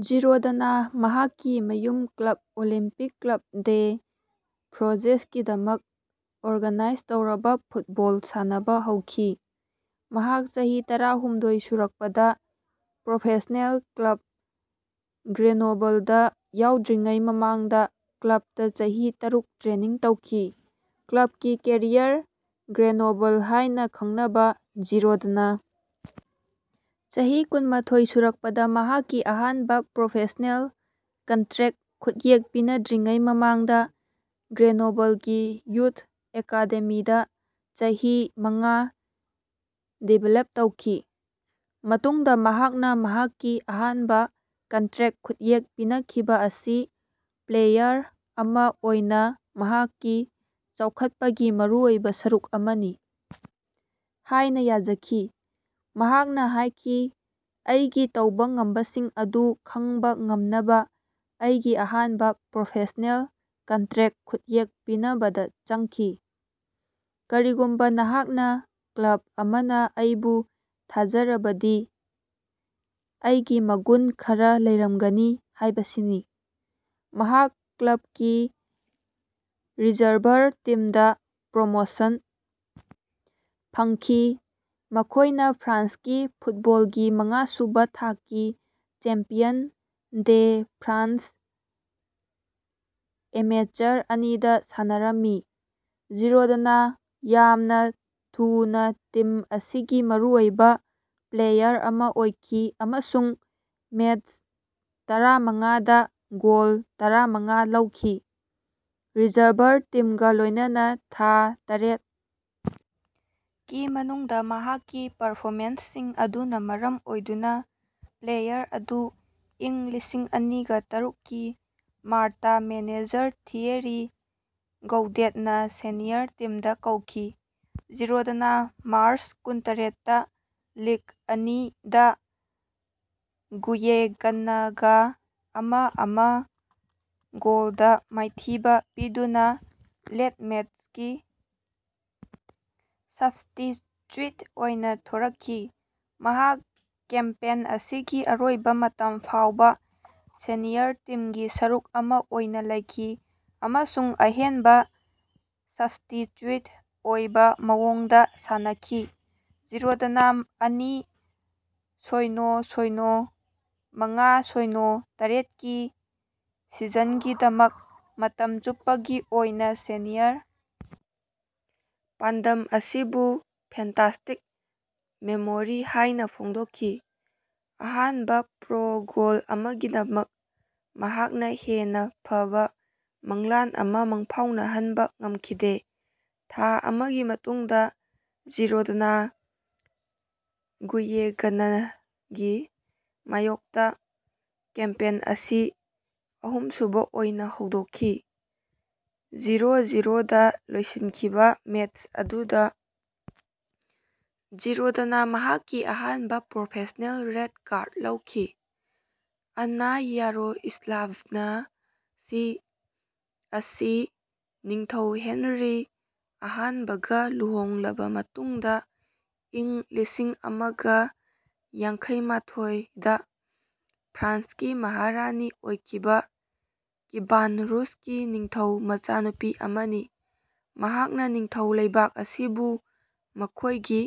ꯖꯤꯔꯣꯗꯅꯥ ꯃꯍꯥꯛꯀꯤ ꯃꯌꯨꯝ ꯀ꯭ꯂꯕ ꯑꯣꯂꯤꯝꯄꯤꯛ ꯀ꯭ꯂꯕ ꯗꯦ ꯐ꯭ꯔꯣꯖꯦꯁꯀꯤꯗꯃꯛ ꯑꯣꯔꯒꯥꯅꯥꯏꯖ ꯇꯧꯔꯕ ꯐꯨꯠꯕꯣꯜ ꯁꯥꯟꯅꯕꯥ ꯍꯧꯈꯤ꯫ ꯃꯍꯥꯛ ꯆꯍꯤ ꯇꯔꯥꯍꯨꯝꯗꯣꯢ ꯁꯨꯔꯛꯄꯗꯥ ꯄ꯭ꯔꯣꯐꯦꯁ꯭ꯅꯦꯜ ꯀ꯭ꯂꯕ ꯒ꯭ꯔꯦꯅꯣꯕꯜꯗꯥ ꯌꯥꯎꯗ꯭ꯔꯤꯉꯩ ꯃꯃꯥꯡꯗꯥ ꯀ꯭ꯂꯕꯇꯥ ꯆꯍꯤ ꯇꯔꯨꯛ ꯇ꯭ꯔꯦꯅꯤꯡ ꯇꯧꯈꯤ꯫ ꯀ꯭ꯂꯕꯀꯤ ꯀꯦꯔꯤꯌꯔ ꯒ꯭ꯔꯦꯅꯣꯕꯜ ꯍꯥꯏꯅꯥ ꯈꯪꯅꯕ ꯖꯤꯔꯣꯗꯅꯥ ꯆꯍꯤ ꯀꯨꯟꯃꯊꯣꯢ ꯁꯨꯔꯛꯄꯗꯥ ꯃꯍꯥꯛꯀꯤ ꯑꯍꯥꯟꯕꯥ ꯄ꯭ꯔꯣꯐꯦꯁ꯭ꯅꯦꯜ ꯀꯟꯇ꯭ꯔꯦꯛ ꯈꯨꯠꯌꯦꯛ ꯄꯤꯅꯗ꯭ꯔꯤꯉꯩ ꯃꯃꯥꯡꯗꯥ ꯒ꯭ꯔꯦꯅꯣꯕꯜꯒꯤ ꯌꯨꯊ ꯑꯦꯀꯥꯗꯦꯃꯤꯗꯥ ꯆꯍꯤ ꯃꯉꯥ ꯗꯤꯕꯦꯂꯞ ꯇꯧꯈꯤ꯫ ꯃꯇꯨꯡꯗꯥ ꯃꯍꯥꯛꯅꯥ ꯃꯍꯥꯛꯀꯤ ꯑꯍꯥꯟꯕꯥ ꯀꯟꯇ꯭ꯔꯦꯛ ꯈꯨꯠꯌꯦꯛ ꯄꯤꯅꯈꯤꯕꯥ ꯑꯁꯤ ꯄ꯭ꯂꯦꯌꯥꯔ ꯑꯃꯥ ꯑꯣꯏꯅꯥ ꯃꯍꯥꯛꯀꯤ ꯆꯥꯎꯈꯠꯄꯒꯤ ꯃꯔꯨꯑꯣꯏꯕꯥ ꯁꯔꯨꯛ ꯑꯃꯅꯤ ꯍꯥꯏꯅꯥ ꯌꯥꯖꯈꯤ, ꯃꯍꯥꯛꯅꯥ ꯍꯥꯏꯈꯤ ꯑꯩꯒꯤ ꯇꯧꯕꯥ ꯉꯝꯕꯁꯤꯡ ꯑꯗꯨ ꯈꯪꯕꯥ ꯉꯝꯅꯕꯥ ꯑꯩꯒꯤ ꯑꯍꯥꯟꯕꯥ ꯄ꯭ꯔꯣꯐꯦꯁ꯭ꯅꯦꯜ ꯀꯟꯇ꯭ꯔꯦꯛ ꯈꯨꯠꯌꯦꯛ ꯄꯤꯅꯕꯗꯥ ꯆꯪꯈꯤ꯫ ꯀꯔꯤꯒꯨꯝꯕꯥ ꯅꯍꯥꯛꯅꯥ ꯀ꯭ꯂꯕ ꯑꯃꯅꯥ ꯑꯩꯕꯨ ꯊꯥꯖꯔꯕꯗꯤ, ꯑꯩꯒꯤ ꯃꯒꯨꯟ ꯈꯔꯥ ꯂꯩꯔꯝꯒꯅꯤ ꯍꯥꯏꯕꯁꯤꯅꯤ꯫ ꯃꯍꯥꯛ ꯀ꯭ꯂꯕꯀꯤ ꯔꯤꯖꯔꯚꯔ ꯇꯤꯝꯗꯥ ꯄ꯭ꯔꯣꯃꯣꯁꯟ ꯐꯪꯈꯤ, ꯃꯈꯣꯏꯅꯥ ꯐ꯭ꯔꯥꯟꯁꯀꯤ ꯐꯨꯠꯕꯣꯜꯒꯤ ꯃꯉꯥꯁꯨꯕꯥ ꯊꯥꯛꯀꯤ ꯆꯦꯝꯄꯤꯌꯟ ꯗꯦ ꯐ꯭ꯔꯥꯟꯁ ꯑꯦꯃꯦꯆꯔ ꯑꯅꯤꯗꯥ ꯁꯥꯟꯅꯔꯝꯃꯤ꯫ ꯖꯤꯔꯣꯗꯅꯥ ꯌꯥꯝꯅꯥ ꯊꯨꯅꯥ ꯇꯤꯝ ꯑꯁꯤꯒꯤ ꯃꯔꯨꯑꯣꯏꯕꯥ ꯄ꯭ꯂꯦꯌꯥꯔ ꯑꯃꯥ ꯑꯣꯏꯈꯤ ꯑꯃꯁꯨꯡ ꯃꯦꯆ ꯇꯔꯥꯃꯉꯥ ꯗꯥ ꯒꯣꯜ ꯇꯔꯥꯃꯉꯥ ꯂꯧꯈꯤ꯫ ꯔꯤꯖꯔꯚꯔ ꯇꯤꯝꯒꯥ ꯂꯣꯏꯅꯅꯥ ꯊꯥ ꯇꯔ‌ꯦꯠ ꯀꯤ ꯃꯅꯨꯡꯗꯥ ꯃꯍꯥꯛꯀꯤ ꯄꯔꯐꯣꯃꯦꯟꯁꯁꯤꯡ ꯑꯗꯨꯅꯥ ꯃꯔꯝ ꯑꯣꯏꯗꯨꯅꯥ ꯄ꯭ꯂꯦꯌꯥꯔ ꯑꯗꯨ ꯢꯪ ꯂꯤꯁꯤꯡꯑꯅꯤꯒ ꯇꯔꯨꯛ ꯀꯤ ꯃꯥꯔꯇꯥ ꯃꯦꯅꯦꯖꯔ ꯊꯤꯌꯦꯔꯤ ꯒꯧꯗꯦꯠꯅꯥ ꯁꯦꯅꯤꯌꯔ ꯇꯤꯝꯗꯥ ꯀꯧꯈꯤ꯫ ꯖꯤꯔꯣꯗꯅꯥ ꯃꯥꯔꯆ ꯀꯨꯟꯇꯔꯦꯠꯇꯥ ꯂꯤꯒ ꯑꯅꯤ ꯗꯥ ꯒꯨꯌꯦꯒꯟꯅꯒꯥ ꯑꯃ-ꯑꯃ ꯒꯣꯜꯗꯥ ꯃꯥꯏꯊꯤꯕꯥ ꯄꯤꯗꯨꯅꯥ ꯂꯦꯠ ꯃꯦꯆꯀꯤ ꯁꯞꯁ꯭ꯇꯤꯆ꯭ꯌꯨꯠ ꯑꯣꯏꯅꯥ ꯊꯣꯔꯛꯈꯤ꯫ ꯃꯍꯥꯛ ꯀꯦꯝꯄꯦꯟ ꯑꯁꯤꯒꯤ ꯑꯔꯣꯏꯕꯥ ꯃꯇꯝ ꯐꯥꯎꯕꯥ ꯁꯦꯅꯤꯌꯔ ꯇꯤꯝꯒꯤ ꯁꯔꯨꯛ ꯑꯃꯥ ꯑꯣꯏꯅꯥ ꯂꯩꯈꯤ ꯑꯃꯁꯨꯡ ꯑꯍꯦꯟꯕꯥ ꯁꯞꯁ꯭ꯇꯤꯆ꯭ꯌꯨꯠ ꯑꯣꯏꯕꯥ ꯃꯑꯣꯡꯗꯥ ꯁꯥꯟꯅꯈꯤ꯫ ꯖꯤꯔꯣꯗꯅꯥ ꯑꯅꯤ ꯁꯣꯢꯅꯣ ꯁꯣꯢꯅꯣ ꯃꯉꯥ ꯁꯣꯢꯅꯣ ꯇꯔꯦꯠꯀꯤ ꯁꯤꯖꯟꯒꯤꯗꯃꯛ ꯃꯇꯝ ꯆꯨꯞꯄꯒꯤ ꯑꯣꯏꯅꯥ ꯁꯦꯅꯤꯌꯔ ꯄꯥꯟꯗꯝ ꯑꯁꯤꯕꯨ ꯐꯦꯟꯇꯥꯁꯇꯤꯛ ꯃꯦꯃꯣꯔꯤ ꯍꯥꯏꯅꯥ ꯐꯣꯡꯗꯣꯛꯈꯤ꯫ ꯑꯍꯥꯟꯕꯥ ꯄ꯭ꯔꯣ ꯒꯣꯜ ꯑꯃꯒꯤꯗꯃꯛ ꯑꯩꯍꯥꯛꯅꯥ ꯍꯦꯟꯅꯥ ꯐꯕꯥ ꯃꯪꯂꯥꯟ ꯑꯃꯥ ꯃꯪꯐꯥꯎꯅꯍꯟꯕꯥ ꯉꯝꯈꯤꯗꯦ꯫ ꯊꯥ ꯑꯃꯒꯤ ꯃꯇꯨꯡꯗꯥ ꯖꯤꯔꯣꯗꯅꯥ ꯒꯨꯌꯦꯒꯟꯅꯒꯤ ꯃꯥꯌꯣꯛꯇꯥ ꯀꯦꯝꯄꯦꯟ ꯑꯁꯤ ꯑꯍꯨꯝꯁꯨꯕꯥ ꯑꯣꯏꯅꯥ ꯍꯧꯗꯣꯛꯈꯤ꯫ ꯖꯤꯔꯣ-ꯖꯤꯔꯣ ꯗꯥ ꯂꯣꯏꯁꯤꯟꯈꯤꯕꯥ ꯃꯦꯆ ꯑꯗꯨꯗꯥ ꯖꯤꯔꯣꯗꯅꯥ ꯃꯍꯥꯛꯀꯤ ꯑꯍꯥꯟꯕꯥ ꯄ꯭ꯔꯣꯐꯦꯁ꯭ꯅꯦꯜ ꯔꯦꯗ ꯀꯥꯔꯗ ꯂꯧꯈꯤ꯫ ꯑꯟꯅꯥ ꯌꯥꯔꯣꯁ꯭ꯂꯥꯚꯅꯥ (ꯁꯤ) ꯑꯁꯤ ꯅꯤꯡꯊꯧ ꯍꯦꯟꯔꯤ ꯑꯍꯥꯟꯕꯒ ꯂꯨꯍꯣꯡꯂꯕ ꯃꯇꯨꯡꯗ ꯏꯪ ꯂꯤꯁꯤꯡꯑꯃꯒ ꯌꯥꯡꯈꯩꯃꯊꯣꯢ ꯗ ꯐ꯭ꯔꯥꯟꯁꯀꯤ ꯃꯍꯥꯔꯥꯅꯤ ꯑꯣꯏꯈꯤꯕ ꯀꯤꯚꯥꯟ ꯔꯨꯁꯀꯤ ꯅꯤꯡꯊꯧ ꯃꯆꯥꯅꯨꯄꯤ ꯑꯃꯅꯤ꯫ ꯃꯍꯥꯛꯅ ꯅꯤꯡꯊꯧ ꯂꯩꯕꯥꯛ ꯑꯁꯤꯕꯨ ꯃꯈꯣꯏꯒꯤ